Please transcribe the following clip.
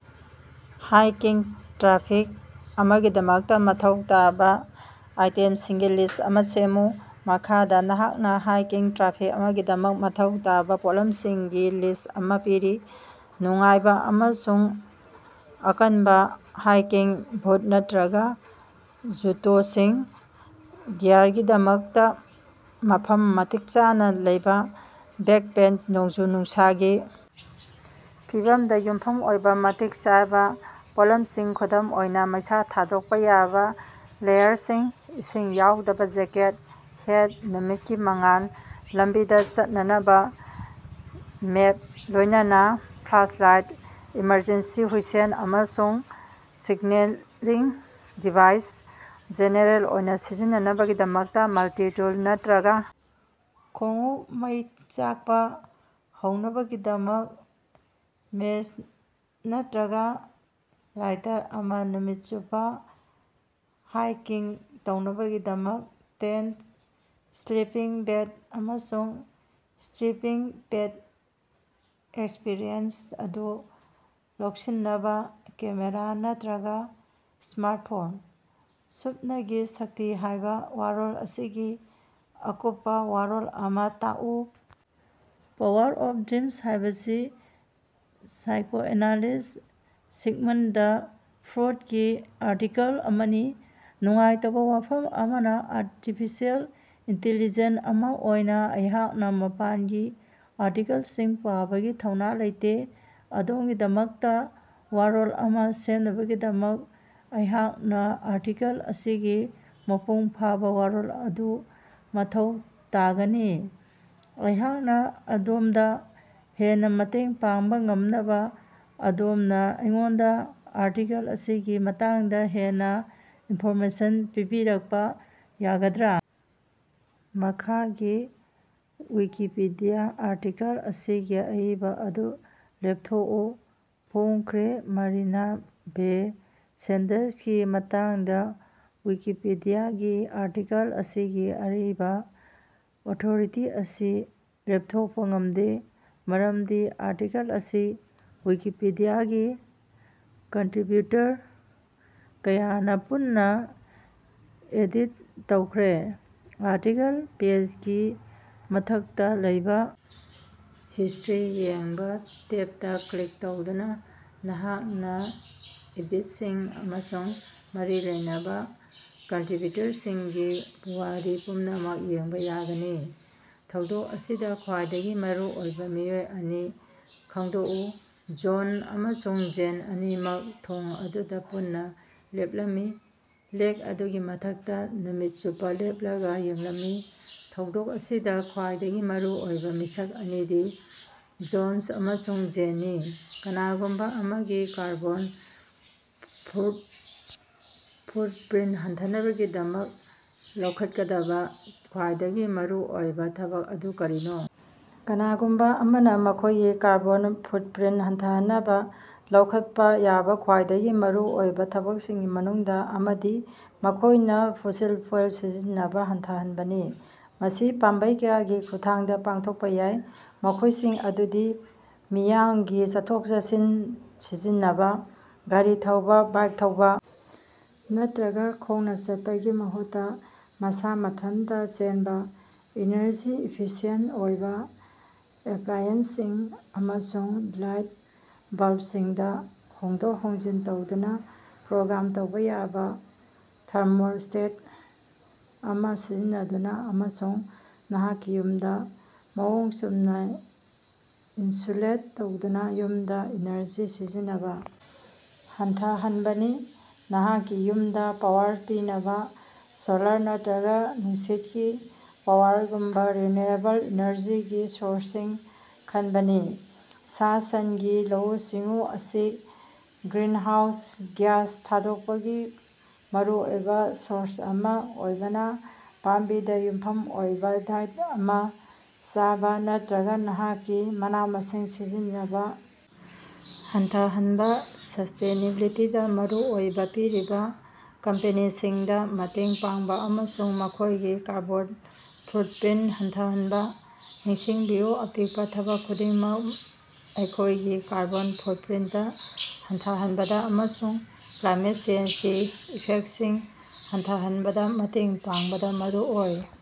ꯍꯥꯏꯀꯤꯡ traffic ꯑꯃꯒꯤꯗꯃꯛꯇ ꯃꯊꯧ ꯇꯥꯕ ꯑꯥꯏꯇꯦꯝꯁꯤꯡꯒꯤ ꯂꯤꯁ꯭ꯠ ꯑꯃ ꯁꯦꯝꯃꯨ꯫ ꯃꯈꯥꯗ ꯅꯍꯥꯛꯅ ꯍꯥꯏꯀꯤꯡ ꯇ꯭ꯔꯥꯐꯤꯛ ꯑꯃꯒꯤꯗꯃꯛ ꯃꯊꯧ ꯇꯥꯕ ꯄꯣꯠꯂꯝꯁꯤꯡꯒꯤ ꯂꯤꯁ꯭ꯠ ꯑꯃ ꯄꯤꯔꯤ꯫ꯅꯨꯡꯉꯥꯏꯕ ꯑꯃꯁꯨꯡ ꯑꯀꯟꯕ ꯍꯥꯏꯀꯤꯡ ꯕꯨꯠ ꯅꯠꯇꯔꯒ ꯖꯨꯇꯣꯁꯤꯡ ꯒꯤꯌꯥꯔꯒꯤꯗꯃꯛꯇ ꯃꯐꯝ ꯃꯇꯤꯛ ꯆꯥꯅ ꯂꯩꯕ ꯕꯦꯛꯄꯦꯛ ꯅꯣꯡꯖꯨ-ꯅꯨꯡꯁꯥꯒꯤ ꯐꯤꯚꯝꯗ ꯌꯨꯝꯐꯝ ꯑꯣꯏꯕ ꯃꯇꯤꯛ ꯆꯥꯕ ꯄꯣꯠꯂꯝꯁꯤꯡ ꯈꯨꯗꯝ ꯑꯣꯏꯅ ꯃꯩꯁꯥ ꯊꯥꯗꯣꯛꯄ ꯌꯥꯕ ꯂꯦꯌꯔꯁꯤꯡ, ꯏꯁꯤꯡ ꯌꯥꯎꯗꯕ ꯖꯦꯀꯦꯠ, ꯍꯦꯠ, ꯅꯨꯃꯤꯠꯀꯤ ꯃꯉꯥꯜ ꯂꯝꯕꯤꯗ ꯆꯠꯅꯕ ꯃꯦꯞ ꯂꯣꯏꯅꯅ ꯐ꯭ꯂꯥꯁꯂꯥꯏꯠ ꯏꯃꯔꯖꯦꯟꯁꯤ ꯍꯨꯏꯁꯜ ꯑꯃꯁꯨꯡ ꯁꯤꯒꯅꯦꯂꯤꯡ ꯗꯤꯚꯥꯏꯁ ꯖꯦꯅꯦꯔꯦꯜ ꯑꯣꯏꯅ ꯁꯤꯖꯤꯟꯅꯅꯕꯒꯤꯗꯃꯛ ꯃꯜꯇꯤ-ꯇꯨꯜ ꯅꯠꯇꯔꯒ ꯈꯣꯡꯎꯞ ꯃꯩ ꯆꯥꯛꯄ ꯍꯧꯅꯕꯒꯤꯗꯃꯛ ꯃꯦꯆ ꯅꯠꯇꯔꯒ ꯂꯥꯏꯇꯔ ꯑꯃ ꯅꯨꯃꯤꯠ ꯆꯨꯞꯄ ꯍꯥꯏꯀꯤꯡ ꯇꯧꯅꯕꯒꯤꯗꯃꯛ ꯇꯦꯟꯇ, ꯁ꯭ꯂꯤꯄꯤꯡ ꯕꯦꯒ ꯑꯃꯁꯨꯡ ꯁ꯭ꯂꯤꯄꯤꯡ ꯄꯦꯗ ꯑꯦꯛꯁꯄꯤꯔꯤꯑꯦꯟꯁ ꯑꯗꯨ ꯂꯧꯁꯤꯟꯅꯕ ꯀꯦꯃꯦꯔ ꯅꯠꯇꯔꯒ ꯁ꯭ꯃꯥꯔꯇꯐꯣꯟ꯫ ꯁꯨꯞꯅꯒꯤ ꯁꯛꯇꯤ ꯍꯥꯏꯕ ꯋꯥꯔꯣꯜ ꯑꯁꯤꯒꯤ ꯑꯀꯨꯞꯄ ꯋꯥꯔꯣꯜ ꯑꯃ ꯇꯥꯛꯎ꯫ ꯄꯥꯋꯔ ꯑꯣꯐ ꯗ꯭ꯔꯤꯃꯁ ꯍꯥꯏꯕꯁꯤ ꯁꯥꯏꯀꯣꯑꯦꯅꯂꯤꯁ꯭ꯠ, ꯁꯤꯒꯃꯟꯗ ꯐ꯭ꯔꯣꯗꯀꯤ ꯑꯥꯔꯇꯤꯀꯜ ꯑꯃꯅꯤ꯫ ꯅꯨꯡꯉꯥꯏꯇꯕꯥ ꯋꯥꯐꯝ ꯑꯃꯅ ꯑꯔꯇꯤꯐꯤꯁꯦꯜ ꯏꯟꯇꯤꯂꯤꯖꯦꯟ ꯑꯃ ꯑꯣꯏꯅ ꯑꯩꯍꯥꯛꯅ ꯃꯄꯥꯟꯒꯤ ꯑꯥꯔꯇꯤꯀꯜꯁꯤꯡ ꯄꯥꯕꯒꯤ ꯊꯧꯅ ꯂꯩꯇꯦ꯫ ꯑꯗꯣꯝꯒꯤꯗꯃꯛꯇ ꯋꯥꯔꯣꯜ ꯑꯃ ꯁꯦꯝꯅꯕꯒꯤꯗꯃꯛ ꯑꯩꯍꯥꯛꯅ ꯑꯥꯔꯇꯤꯀꯜ ꯑꯁꯤꯒꯤ ꯃꯄꯨꯡ ꯐꯥꯕ ꯋꯥꯔꯣꯜ ꯑꯗꯨ ꯃꯊꯧ ꯇꯥꯒꯅꯤ꯫ ꯑꯩꯍꯥꯛꯅ ꯑꯗꯣꯝꯗ ꯍꯦꯟꯅ ꯃꯇꯦꯡ ꯄꯥꯡꯕ ꯉꯝꯅꯕꯥ ꯑꯗꯣꯝꯅ ꯑꯩꯉꯣꯟꯗ ꯑꯥꯔꯇꯤꯀꯜ ꯑꯁꯤꯒꯤ ꯃꯇꯥꯡꯗ ꯍꯦꯟꯅ ꯏꯟꯐꯣꯔꯃꯦꯁꯟ ꯄꯤꯕꯤꯔꯛꯄ ꯌꯥꯒꯗ꯭ꯔꯥ? ꯃꯈꯥꯒꯤ ꯋꯤꯀꯤꯄꯤꯗꯤꯌꯥ ꯑꯥꯔꯇꯤꯀꯜ ꯑꯁꯤꯒꯤ ꯑꯏꯕ ꯑꯗꯨ ꯂꯦꯞꯊꯣꯛꯎ꯫ ꯐꯣꯡꯈ꯭ꯔꯦ ꯃꯔꯤꯅꯥ ꯕꯦ ꯁꯦꯟꯗꯁꯀꯤ ꯃꯇꯥꯡꯗ ꯋꯤꯀꯤꯄꯤꯗꯤꯌꯥꯒꯤ ꯑꯥꯔꯇꯤꯀꯜ ꯑꯁꯤꯒꯤ ꯑꯔꯤꯕ ꯑꯣꯊꯣꯔꯤꯇꯤ ꯑꯁꯤ ꯂꯦꯞꯊꯣꯛꯄ ꯉꯝꯗꯦ, ꯃꯔꯝꯗꯤ ꯑꯥꯔꯇꯤꯀꯜ ꯑꯁꯤ ꯋꯤꯀꯤꯄꯤꯗꯤꯌꯥꯒꯤ ꯀꯟꯇꯔꯤꯕ꯭ꯌꯨꯇꯔ ꯀꯌꯥꯅꯥ ꯄꯨꯟꯅꯥ ꯑꯦꯗꯤꯠ ꯇꯧꯈ꯭ꯔꯦ꯫ ꯑꯥꯔꯇꯤꯀꯜ ꯄꯦꯖꯒꯤ ꯃꯊꯛꯇꯥ ꯂꯩꯕꯥ "ꯍꯤꯁ꯭ꯇꯔꯤ ꯌꯦꯡꯕꯥ" ꯇꯦꯕꯇꯥ ꯀ꯭ꯂꯤꯛ ꯇꯧꯗꯨꯅ ꯅꯍꯥꯛꯅ ꯑꯦꯗꯤꯠꯁꯤꯡ ꯑꯃꯁꯨꯡ ꯃꯔꯤ ꯂꯩꯅꯕ ꯀꯟꯇꯔꯤꯕ꯭ꯌꯨꯇꯔꯁꯤꯡꯒꯤ ꯄꯨꯋꯥꯔꯤ ꯄꯨꯝꯅꯃꯛ ꯌꯦꯡꯕꯥ ꯌꯥꯒꯅꯤ꯫ ꯊꯧꯗꯣꯛ ꯑꯁꯤꯗ ꯈ꯭ꯋꯥꯏꯗꯒꯤ ꯃꯔꯨꯑꯣꯏꯕ ꯃꯤꯑꯣꯏ ꯑꯅꯤ ꯈꯪꯗꯣꯛꯎ꯫ ꯖꯣꯟ ꯑꯃꯁꯨꯡ ꯖꯦꯟ ꯑꯅꯤꯃꯛ ꯊꯣꯡ ꯑꯗꯨꯗ ꯄꯨꯟꯅ ꯂꯦꯞꯂꯝꯃꯤ, ꯂꯦꯛ ꯑꯗꯨꯒꯤ ꯃꯊꯛꯇ ꯅꯨꯃꯤꯠ ꯆꯨꯞꯄ ꯂꯦꯞꯂꯒ ꯌꯦꯡꯂꯝꯃꯤ꯫ ꯊꯧꯗꯣꯛ ꯑꯁꯤꯗ ꯈ꯭ꯋꯥꯏꯗꯒꯤ ꯃꯔꯨ ꯑꯣꯏꯕ ꯃꯤꯁꯛ ꯑꯅꯤꯗꯤ ꯖꯣꯟꯁ ꯑꯃꯁꯨꯡ ꯖꯦꯅꯅꯤ꯫ ꯀꯅꯥꯒꯨꯝꯕ ꯑꯃꯒꯤ ꯀꯥꯔꯕꯣꯟ ꯐꯨꯠꯞꯔꯤꯟꯇ ꯍꯟꯊꯍꯟꯅꯕꯒꯤꯗꯃꯛ ꯂꯧꯈꯠꯀꯗꯕ ꯈ꯭ꯌꯥꯏꯗꯒꯤ ꯃꯔꯨꯑꯣꯏꯕ ꯊꯕꯛ ꯑꯗꯨ ꯀꯔꯤꯅꯣ? ꯀꯅꯥꯒꯨꯝꯕ ꯑꯃꯅ ꯃꯈꯣꯏꯒꯤ ꯀꯥꯔꯕꯣꯟ ꯐꯨꯠꯞꯔꯤꯟꯇ ꯍꯟꯊꯍꯟꯅꯕ ꯂꯧꯈꯠꯄ ꯌꯥꯕ ꯈ꯭ꯋꯥꯏꯗꯒꯤ ꯃꯔꯨꯑꯣꯏꯕ ꯊꯕꯛꯁꯤꯡꯒꯤ ꯃꯅꯨꯡꯗ ꯑꯃꯗꯤ ꯃꯈꯣꯏꯅ ꯐꯣꯁꯤꯜ ꯐ꯭ꯌꯨꯑꯦꯜ ꯁꯤꯖꯤꯟꯅꯕ ꯍꯟꯊꯍꯟꯕꯅꯤ꯫ ꯃꯁꯤ ꯄꯥꯝꯕꯩ ꯀꯌꯥꯒꯤ ꯈꯨꯠꯊꯥꯡꯗ ꯄꯥꯡꯊꯣꯛꯄ ꯌꯥꯏ, ꯃꯈꯣꯏꯁꯤꯡ ꯑꯗꯨꯗꯤ: ꯃꯤꯌꯥꯝꯒꯤ ꯆꯠꯊꯣꯛ-ꯆꯠꯁꯤꯟ ꯁꯤꯖꯤꯟꯅꯕꯥ, ꯒꯥꯔꯤ ꯊꯧꯕ, ꯕꯥꯏꯛ ꯊꯧꯕ, ꯅꯠꯇꯔꯒ ꯈꯣꯡꯅ ꯆꯠꯄꯒꯤ ꯃꯍꯨꯠꯇ ꯃꯁꯥ ꯃꯊꯟꯇ ꯆꯦꯟꯕꯥ꯫ ꯏꯅꯔꯖꯤ ꯏꯐꯤꯁꯤꯌꯦꯟꯇ ꯑꯣꯏꯕ ꯑꯦꯞꯂꯥꯏꯑꯦꯟꯁꯁꯤꯡ ꯑꯃꯁꯨꯡ ꯂꯥꯏꯠ ꯕꯜꯕꯁꯤꯡꯗ ꯍꯣꯡꯗꯣꯛ ꯍꯣꯡꯖꯤꯟ ꯇꯧꯗꯨꯅ ꯄ꯭ꯔꯣꯒ꯭ꯔꯥꯝ ꯇꯧꯕ ꯌꯥꯕ ꯊꯥꯔꯃꯣꯁ꯭ꯇꯦꯠ ꯑꯃ ꯁꯤꯖꯤꯟꯅꯗꯨꯅ ꯑꯃꯁꯨꯡ ꯅꯍꯥꯛꯀꯤ ꯌꯨꯝꯗ ꯃꯑꯣꯡ ꯆꯨꯝꯅ ꯏꯅꯁꯨꯂꯦꯠ ꯇꯧꯗꯨꯅ ꯌꯨꯝꯗ ꯏꯅꯔꯖꯤ ꯁꯤꯖꯤꯟꯅꯕ ꯍꯟꯊꯍꯕꯅꯤ꯫ ꯅꯍꯥꯛꯀꯤ ꯌꯨꯝꯗ ꯄꯥꯋꯔ ꯄꯤꯅꯕ ꯁꯣꯂꯥꯔ ꯅꯠꯇꯔꯒ ꯅꯨꯡꯁꯤꯠꯀꯤ ꯄꯥꯋꯔꯒꯨꯝꯕ ꯔꯤꯟꯌꯨꯑꯦꯕꯜ ꯏꯅꯔꯖꯤꯒꯤ ꯁꯣꯔꯁꯁꯤꯡ ꯈꯟꯕꯅꯤ꯫ ꯁꯥ-ꯁꯟꯒꯤ ꯂꯧꯎ-ꯁꯤꯡꯎ ꯑꯁꯤ ꯒ꯭ꯔꯤꯅꯍꯥꯎꯁ ꯒ꯭ꯌꯥꯁ ꯊꯥꯗꯣꯛꯄꯒꯤ ꯃꯔꯨꯑꯣꯏꯕ ꯁꯣꯔꯁ ꯑꯃ ꯑꯣꯏꯕꯅ ꯄꯥꯝꯕꯤꯗ ꯌꯨꯝꯐꯝ ꯑꯣꯏꯕ ꯗꯥꯏꯠ ꯑꯃ ꯆꯥꯕ ꯅꯠꯇꯔꯒ ꯅꯍꯥꯛꯀꯤ ꯃꯅꯥ-ꯃꯁꯤꯡ ꯁꯤꯖꯤꯟꯅꯕ ꯍꯟꯊꯍꯟꯕꯥ꯫ ꯁꯁ꯭ꯇꯦꯅꯦꯕꯤꯂꯤꯇꯤꯗꯥ ꯃꯔꯨ ꯑꯣꯏꯕ ꯄꯤꯔꯤꯕ ꯀꯝꯄꯦꯅꯤꯁꯤꯡꯗ ꯃꯇꯦꯡ ꯄꯥꯡꯕ ꯑꯃꯁꯨꯡ ꯃꯈꯣꯏꯒꯤ ꯀꯥꯔꯕꯣꯟ ꯐꯨꯠꯄꯔꯤꯟꯇ ꯍꯟꯊꯍꯟꯕ꯫ ꯅꯤꯡꯁꯤꯡꯕꯤꯌꯨ ꯑꯄꯤꯛꯄ ꯊꯕꯛ ꯈꯨꯗꯤꯡꯃꯛ ꯑꯩꯈꯣꯏꯒꯤ ꯀꯥꯔꯕꯣꯟ ꯐꯨꯠꯄꯔꯤꯟꯇ ꯍꯟꯊꯍꯟꯕꯗ ꯑꯃꯁꯨꯡ ꯀ꯭ꯂꯥꯏꯃꯦꯠ ꯆꯦꯟꯖꯒꯤ ꯏꯐꯦꯛꯇꯁꯤꯡ ꯍꯟꯊꯍꯟꯕꯗ ꯃꯇꯦꯡ ꯄꯥꯡꯕꯗ ꯃꯔꯨ ꯑꯣꯏ꯫